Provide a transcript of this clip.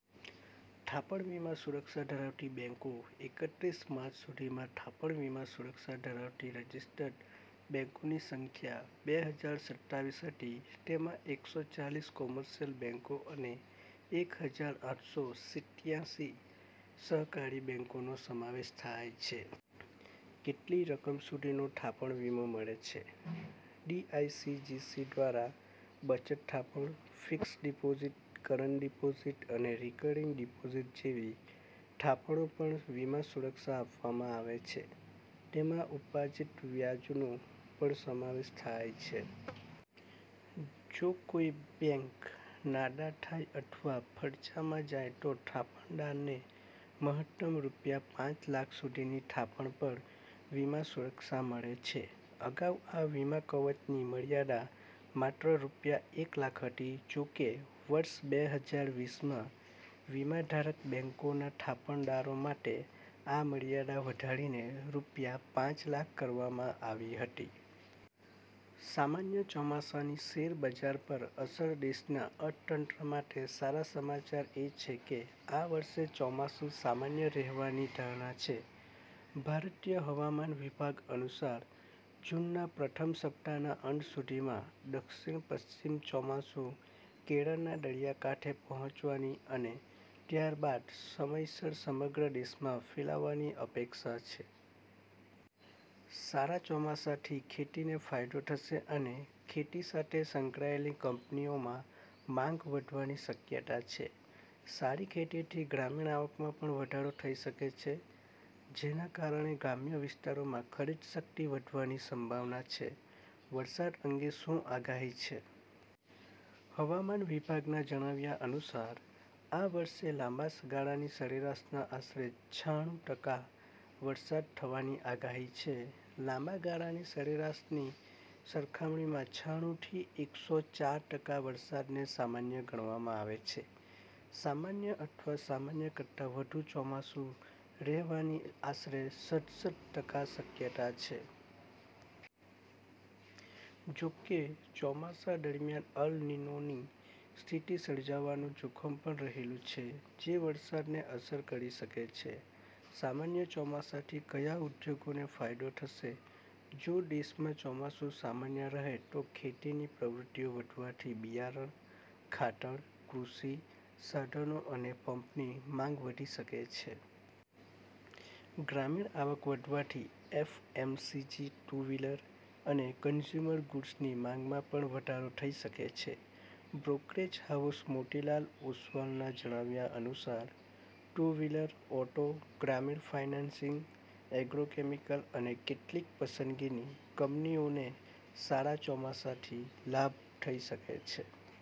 થાપણ વીમા સુરક્ષા ધરાવતી બેંકો એકત્રીસ માર્ચ સુધીમાં થાપણ વીમા સુરક્ષા ધરાવતી રજિસ્ટર્ડ બેંકોની સંખ્યા બે હજાર સત્તાવીસ હતી. તેમાં એકસો ચાલીસ કોમર્શિયલ બેંકો અને એક હજાર આઠસો સિત્યાસી સહકારી બેંકોનો સમાવેશ થાય છે. કેટલી રકમ સુધીનો થાપણ વીમો મળે છે? ડીઆઈસીજીસી દ્વારા બચત થાપણ, ફિક્સ્ડ ડિપોઝિટ, કરંટ ડિપોઝિટ અને રિકરિંગ ડિપોઝિટ જેવી થાપણો પર વીમા સુરક્ષા આપવામાં આવે છે. તેમાં ઉપાર્જિત વ્યાજનો પણ સમાવેશ થાય છે. જો કોઈ બેંક નાદાર થાય અથવા ફડચામાં જાય, તો થાપણદારને મહત્તમ રૂપિયા પાંચ લાખ સુધીની થાપણ પર વીમા સુરક્ષા મળે છે. અગાઉ આ વીમા કવચની મર્યાદા માત્ર રૂપિયા એક લાખ હતી. જોકે, વર્ષ બે હજાર વીસમાં વીમાધારક બેંકોના થાપણદારો માટે આ મર્યાદા વધારીને રૂપિયા પાંચ લાખ કરવામાં આવી હતી. સામાન્ય ચોમાસાની શેરબજાર પર અસર દેશના અર્થતંત્ર માટે સારા સમાચાર એ છે કે આ વર્ષે ચોમાસું સામાન્ય રહેવાની ધારણા છે. ભારતીય હવામાન વિભાગ અનુસાર, જૂનના પ્રથમ સપ્તાહના અંત સુધીમાં દક્ષિણ-પશ્ચિમ ચોમાસું કેરળના દરિયાકાંઠે પહોંચવાની અને ત્યારબાદ સમયસર સમગ્ર દેશમાં ફેલાવાની અપેક્ષા છે. સારા ચોમાસાથી ખેતીને ફાયદો થશે અને ખેતી સાથે સંકળાયેલી કંપનીઓમાં માંગ વધવાની શક્યતા છે. સારી ખેતીથી ગ્રામીણ આવકમાં પણ વધારો થઈ શકે છે, જેના કારણે ગ્રામ્ય વિસ્તારોમાં ખરીદશક્તિ વધવાની સંભાવના છે. વરસાદ અંગે શું આગાહી છે? હવામાન વિભાગના જણાવ્યા અનુસાર, આ વર્ષે લાંબા ગાળાની સરેરાશના આશરે છાણું ટકા વરસાદ થવાની આગાહી છે. લાંબા ગાળાની સરેરાશની સરખામણીમાં છાણુંથી એકસો ચાર ટકા વરસાદને સામાન્ય ગણવામાં આવે છે. સામાન્ય અથવા સામાન્ય કરતાં વધુ ચોમાસું રહેવાની આશરે સડસઠ ટકા શક્યતા છે. જોકે, ચોમાસા દરમિયાન અલ નીનોની સ્થિતિ સર્જાવાનું જોખમ પણ રહેલું છે, જે વરસાદને અસર કરી શકે છે. સામાન્ય ચોમાસાથી કયા ઉદ્યોગોને ફાયદો થશે? જો દેશમાં ચોમાસું સામાન્ય રહે, તો ખેતીની પ્રવૃત્તિઓ વધવાથી બિયારણ, ખાતર, કૃષિ સાધનો અને પંપની માંગ વધી શકે છે. ગ્રામીણ આવક વધવાથી એફએમસીજી, ટુ-વ્હીલર અને કન્ઝ્યુમર ગુડ્સની માંગમાં પણ વધારો થઈ શકે છે. બ્રોકરેજ હાઉસ મોતીલાલ ઓસવાલના જણાવ્યા અનુસાર, ટુ-વ્હીલર, ઓટો, ગ્રામીણ ફાઇનાન્સિંગ, એગ્રોકેમિકલ અને કેટલીક પસંદગીની કંપનીઓને સારા ચોમાસાથી લાભ થઈ શકે છે.